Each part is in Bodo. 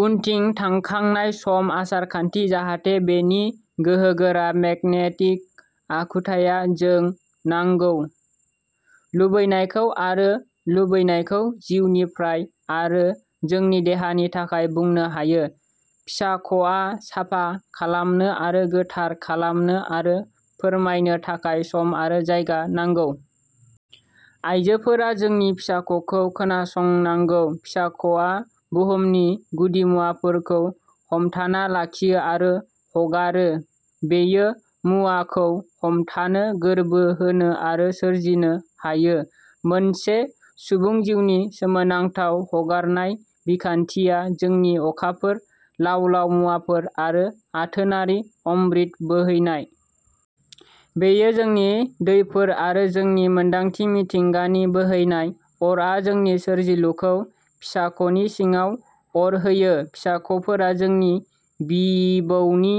उनथिं थांखांनाय सम, आसार खान्थि जाहाथे बेनि गोहोगोरा मेगनेटिक आखुथाया जों नांगौ, लुबैनायखौ आरो लुबैनायखौ जिउनिफ्राय आरो जोंनि देहानि थाखाय बुंनो हायो। फिसाख'आ साफा खालामनो आरो गोथार खालामनो आरो फोरमायनो थाखाय सम आरो जायगा नांगौ। आइजोफोरा जोंनि फिसाख'खौ खोनासंनांगौ। फिसाख'आ बुहुमनि गुदिमुवाफोरखौ हमथाना लाखियो आरो हगारो बेयो मुवाखौ हमथानो, गोर्बो होनो आरो सोरजिनो हायो, मोनसे सुबुं जिउनि सोमोनांथाव। हगारनाय बिखान्थिया जोंनि अखाफोर, लाव लाव मुवाफोर आरो आथोनारि अमृत बोहैनाय। बेयो जोंनि दैफोर आरो जोंनि मोन्दांथि मिथिंगानि बोहैनाय। अरआ जोंनि सोरजिलुखौ फिसाख'नि सिङाव अर होयो। फिसाख'फोरा जोंनि बिबौनि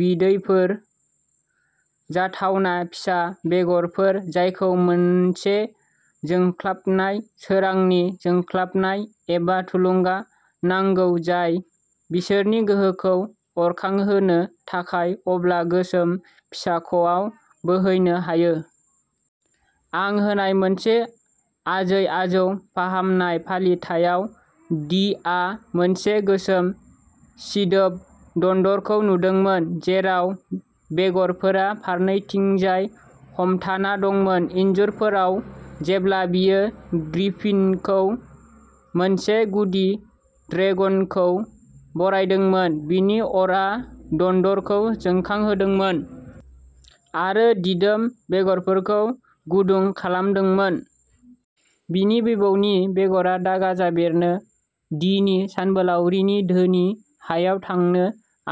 बिदैफोर। जाथावना फिसा बेगरफोर जायखौ मोनसे जोंख्लाबनाय, सोरांनि जोंख्लाबनाय एबा थुलुंगा नांगौ जाय बिसोरनि गोहोखौ अरखांहोनो थाखाय अब्ला गोसोम फिसाख'आव बोहैनो हायो। आं होनाय मोनसे आजै आजौ फाहामनाय फालिथायाव, डीआ मोनसे गोसोम सिदोब दन्दरखौ नुदोंमोन, जेराव बेगरफोरा फारनैथिंजाय हमथाना दंमोन इन्जुरफोराव। जेब्ला बियो ग्रिफिनखौ, मोनसे गुदि ड्रेगनखौ बरायदोंमोन, बिनि अरआ दन्दरखौ जोंखांहोदोंमोन आरो दिदोम बेगरफोरखौ गुदुं खालामदोंमोन। बिनि बिबौनि बेगरा दा गाजा बेरनो, डीनि सानबोलावरिनि धोनि हायाव थांनो,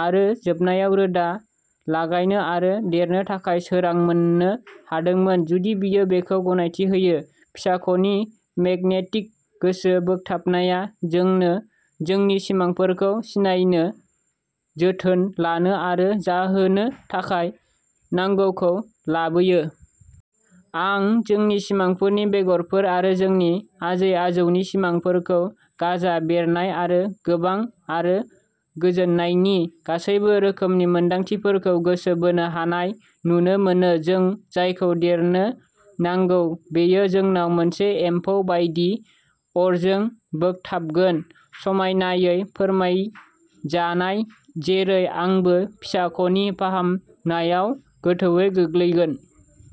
आरो जोबनायाव रोदा लागायनो आरो देरनो थाखाय सोरां मोननो हादोंमोन, जुदि बियो बेखौ गनायथि होयो। फिसाख'नि मेगनेटिक गोसो बोगथाबनाया जोंनो जोंनि सिमांफोरखौ सिनायनो, जोथोन लानो आरो जाहोनो थाखाय नांगौखौ लाबोयो। आं जोंनि सिमांफोरनि बेगरफोर आरो जोंनि आजै आजौनि सिमांफोरखौ गाजा बेरनाय आरो गोबां आरो गोजोननायनि गासैबो रोखोमनि मोनदांथिफोरखौ गोसो बोनो हानाय नुनो मोनो। जों जायखौ देरनो नांगौ, बेयो जोंनाव मोनसे एम्फौ बायदि अरजों बोगथाबगोन। समायनायै फोरमाय जानाय, जेरै आंबो, फिसाख'नि फाहामनायाव गोथौवै गोग्लैगोन।